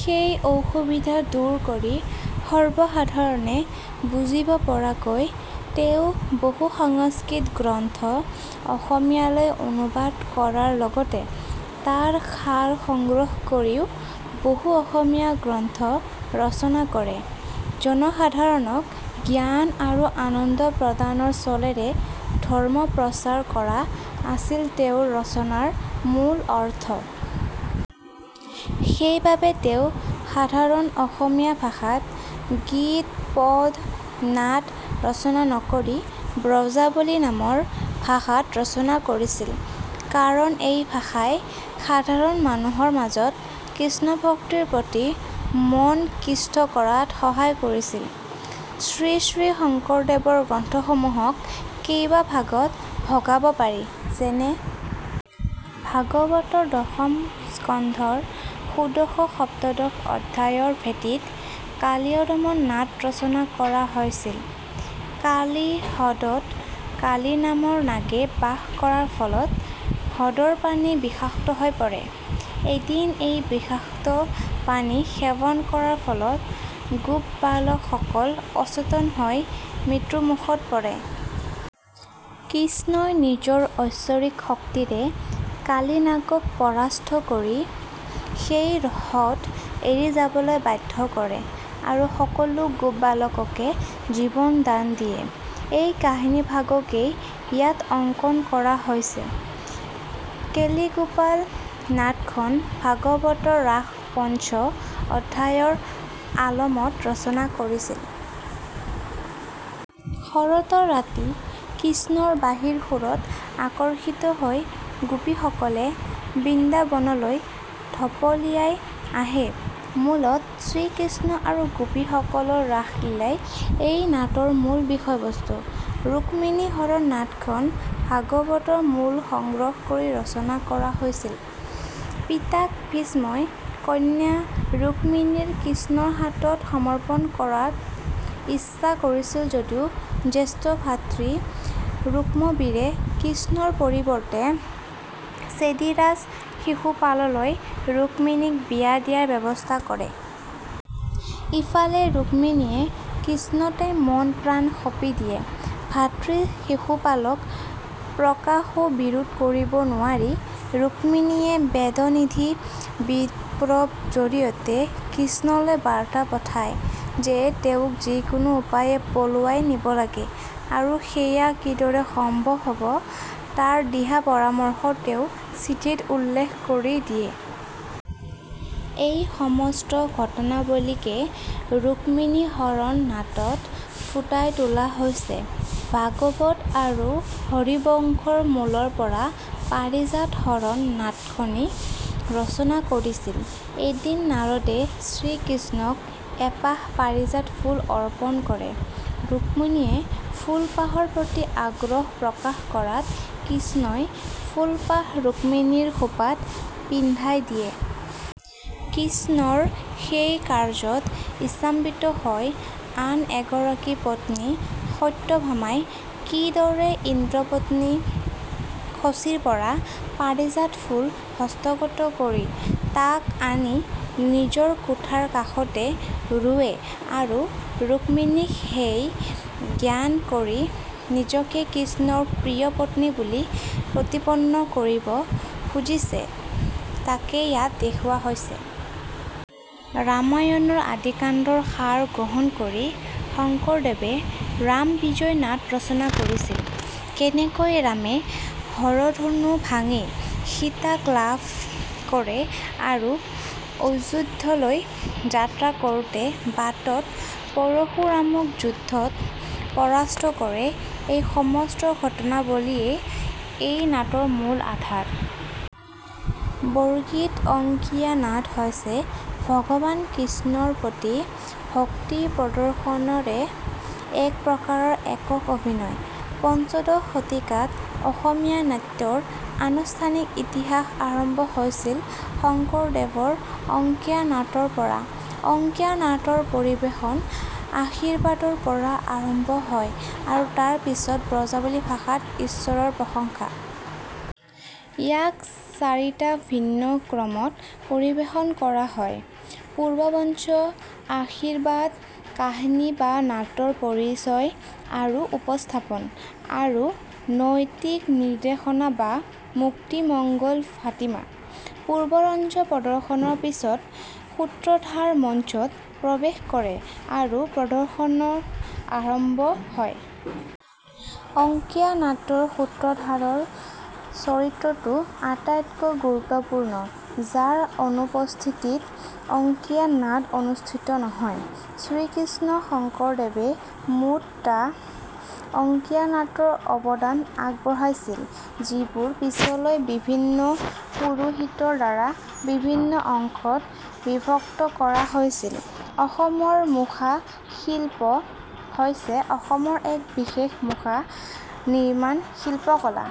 সেই অসুবিধা দুৰ কৰি সৰ্বসাধাৰণে বুজিব পৰাকৈ তেওঁ বহু সংস্কৃত গ্ৰন্থ অসমীয়ালৈ অনুবাদ কৰাৰ লগতে তাৰ সাৰ সংগ্ৰহ কৰিও বহু অসমীয়া গ্ৰন্থ ৰচনা কৰে। জনসাধাৰণক জ্ঞান আৰু আনন্দ প্ৰদানৰ চলেৰে ধৰ্ম প্ৰচাৰ কৰা, আছিল তেওঁৰ ৰচনাৰ মূল অৰ্থ। সেইবাবে তেওঁ সাধাৰণ অসমীয়া ভাষাত গীত, পদ, নাট, ৰচনা নকৰি ' ব্ৰজাৱলী ' নামৰ ভাষাত ৰচনা কৰিছিল। কাৰণ এই ভাষাই সাধাৰণ মানুহৰ মাজত কৃষ্ণভক্তিৰ প্ৰতি মন কৃষ্ট কৰাত সহায় কৰিছিল। শ্ৰীশ্ৰী শঙ্কৰদেৱৰ গ্ৰন্থসমূহক কেইবা ভাগত ভগাব পাৰি, যেনে :। ভাগৱতৰ দশম স্কন্ধৰ ষোড়শ-সপ্তদশ অধ্যায়ৰ ভেটিত কালিয়দমন নাট ৰচনা কৰা হৈছিল। কালি হ্ৰদত কালি নামৰ নাগে বাস কৰাৰ ফলত হ্ৰদৰ পানী বিষাক্ত হৈ পৰে। এদিন এই বিষাক্ত পানী সেৱন কৰাৰ ফলত গোপবালক সকল অচেতন হৈ মৃত্যুমুখত পৰে। কৃষ্ণই নিজৰ ঐশ্বৰিক শক্তিৰে কালি নাগক পৰাস্ত কৰি সেই হ্ৰদ এৰি যাবলৈ বাধ্য কৰে আৰু সকলো গোপবালককে জীৱন দান দিয়ে। এই কাহিনীভাগকেই ইয়াত অংকন কৰা হৈছে। কেলিগোপাল নাটখন ভাগৱতৰ ৰাস পঞ্চ অধ্যায়ৰ আলমত ৰচনা কৰিছিল। শৰতৰ ৰাতি কৃষ্ণৰ বাঁহীৰ সুৰত আকৰ্ষিত হৈ গোপীসকলে বৃন্দাবনলৈ ঢপলিয়াই আহে। মূলতঃ শ্ৰীকৃষ্ণ আৰু গোপীসকলৰ ৰাসলীলাই এই নাটৰ মূল বিষয়বস্তু। ৰুক্মিণী হৰণ নাটখন ভাগৱতৰ মূল সংগ্ৰহ কৰি ৰচনা কৰা হৈছিল। পিতাক ভীষ্মই কন্যা ৰুক্মীণীক কৃষ্ণৰ হাতত সমৰ্পণ কৰাৰ ইচ্ছা কৰিছিল যদিও জ্যেষ্ঠ ভাতৃ ৰুক্মবীৰে কৃষ্ণৰ পৰিৱৰ্তে ছেদীৰাজ শিশুপাললৈ ৰুক্মীণীক বিয়া দিয়াৰ ব্যৱস্থা কৰে। ইফালে ৰুক্মীণীয়ে কৃষ্ণতেই মন প্ৰাণ সঁপি দিয়ে। ভাতৃ শিশুপালক প্ৰকাশ্যে বিৰোধ কৰিব নোৱাৰি ৰুক্মীণীয়ে বেদনিধি বিপ্ৰৰ জৰিয়তে কৃষ্ণলৈ বাৰ্তা পঠায় যে তেওঁক যিকোনো উপায়ে পলুৱাই নিব লাগে আৰু সেইয়া কিদৰে সম্ভৱ হ'ব তাৰ দিহা পৰামৰ্শও তেওঁ চিঠিত উল্লেখ কৰি দিয়ে। এই সমস্ত ঘটনাৱলীকে ৰুক্মীণী হৰণ নাটত ফুটাই তোলা হৈছে। ভাগৱত আৰু হৰিবংশৰ মূলৰ পৰা পাৰিজাত হৰণ নাটখনি ৰচনা কৰিছিল। এদিন নাৰদে শ্ৰীকৃষ্ণক এপাহ পাৰিজাত ফুল অৰ্পণ কৰে। ৰুক্মীণীয়ে ফুলপাহৰ প্ৰতি আগ্ৰহ প্ৰকাশ কৰাত কৃষ্ণই ফুলপাহ ৰুক্মীণীৰ খোপাত পিন্ধাই দিয়ে। কৃষ্ণৰ সেই কাৰ্য্যত ইৰ্ষাম্বিত হৈ আন এগৰাকী পত্নী সত্যভামাই কিদৰে ইন্দ্ৰপত্নী শচীৰ পৰা পাৰিজাত ফুল হস্তগত কৰি তাক আনি নিজৰ কোঠাৰ কাষতে ৰুৱে আৰু ৰুক্মীণীক হেয় জ্ঞান কৰি নিজকে কৃষ্ণৰ প্ৰিয় পত্নী বুলি প্ৰতিপন্ন কৰিব খুজিছে তাকেই ইয়াত দেখুওৱা হৈছে। ৰামায়ণ ৰ আদিকাণ্ডৰ সাৰ গ্ৰহণ কৰি শঙ্কৰদেৱে ৰাম বিজয় নাট ৰচনা কৰিছিল। কেনেকৈ ৰামে হৰধনু ভাঙি সীতাক লাভ কৰে আৰু অযোধ্যালৈ যাত্ৰা কৰোঁতে বাটত পৰশুৰামক যুদ্ধত পৰাস্ত কৰে এই সমস্ত ঘটনাৱলীয়ে এই নাটৰ মূল আধাৰ। বৰগীত অংকীয়া নাট হৈছে ভগৱান কৃষ্ণৰ প্ৰতি ভক্তি প্ৰদৰ্শনেৰে এক প্ৰকাৰৰ একক-অভিনয়। পঞ্চদশ শতিকাত অসমীয়া নাট্যৰ আনুষ্ঠানিক ইতিহাস আৰম্ভ হৈছিল শংকৰদেৱৰ অংকীয়া নাট ৰ পৰা। অংকীয়া নাট ৰ পৰিবেশন আশীৰ্বাদৰ পৰা আৰম্ভ হয় আৰু তাৰ পিছত ব্ৰজাৱলী ভাষা ত ঈশ্বৰৰ প্ৰশংসা। ইয়াক চাৰিটা ভিন্ন ক্ৰমত পৰিবেশন কৰা হয় পূৰ্বৰঙ্গ', আশীৰ্বাদ, কাহিনী বা নাটৰ পৰিচয় আৰু উপস্থাপন, আৰু নৈতিক নিৰ্দেশনা বা মুক্তি মংগল ভাটিমা। পূৰ্বৰঙ্গ প্ৰদৰ্শনৰ পিছত, সূত্ৰধাৰ মঞ্চত প্ৰৱেশ কৰে আৰু প্ৰদৰ্শন আৰম্ভ হয়। অংকীয়া নাট ত সূত্ৰধাৰৰ চৰিত্ৰটো আটাইতকৈ গুৰুত্বপূৰ্ণ, যাৰ অনুপস্থিতিত অংকীয়া নাট অনুষ্ঠিত নহয়। শ্ৰীমন্ত সংকৰদেৱে মুঠ টা অংকীয়া নাট ৰ অৱদান আগবঢ়াইছিল যিবোৰ পিছলৈ বিভিন্ন পুৰোহিতৰ দ্বাৰা বিভিন্ন অংশত বিভক্ত কৰা হৈছিল। অসমৰ মুখা শিল্প হৈছে অসমৰ এক বিশেষ মুখা নিৰ্মাণ শিল্পকলা।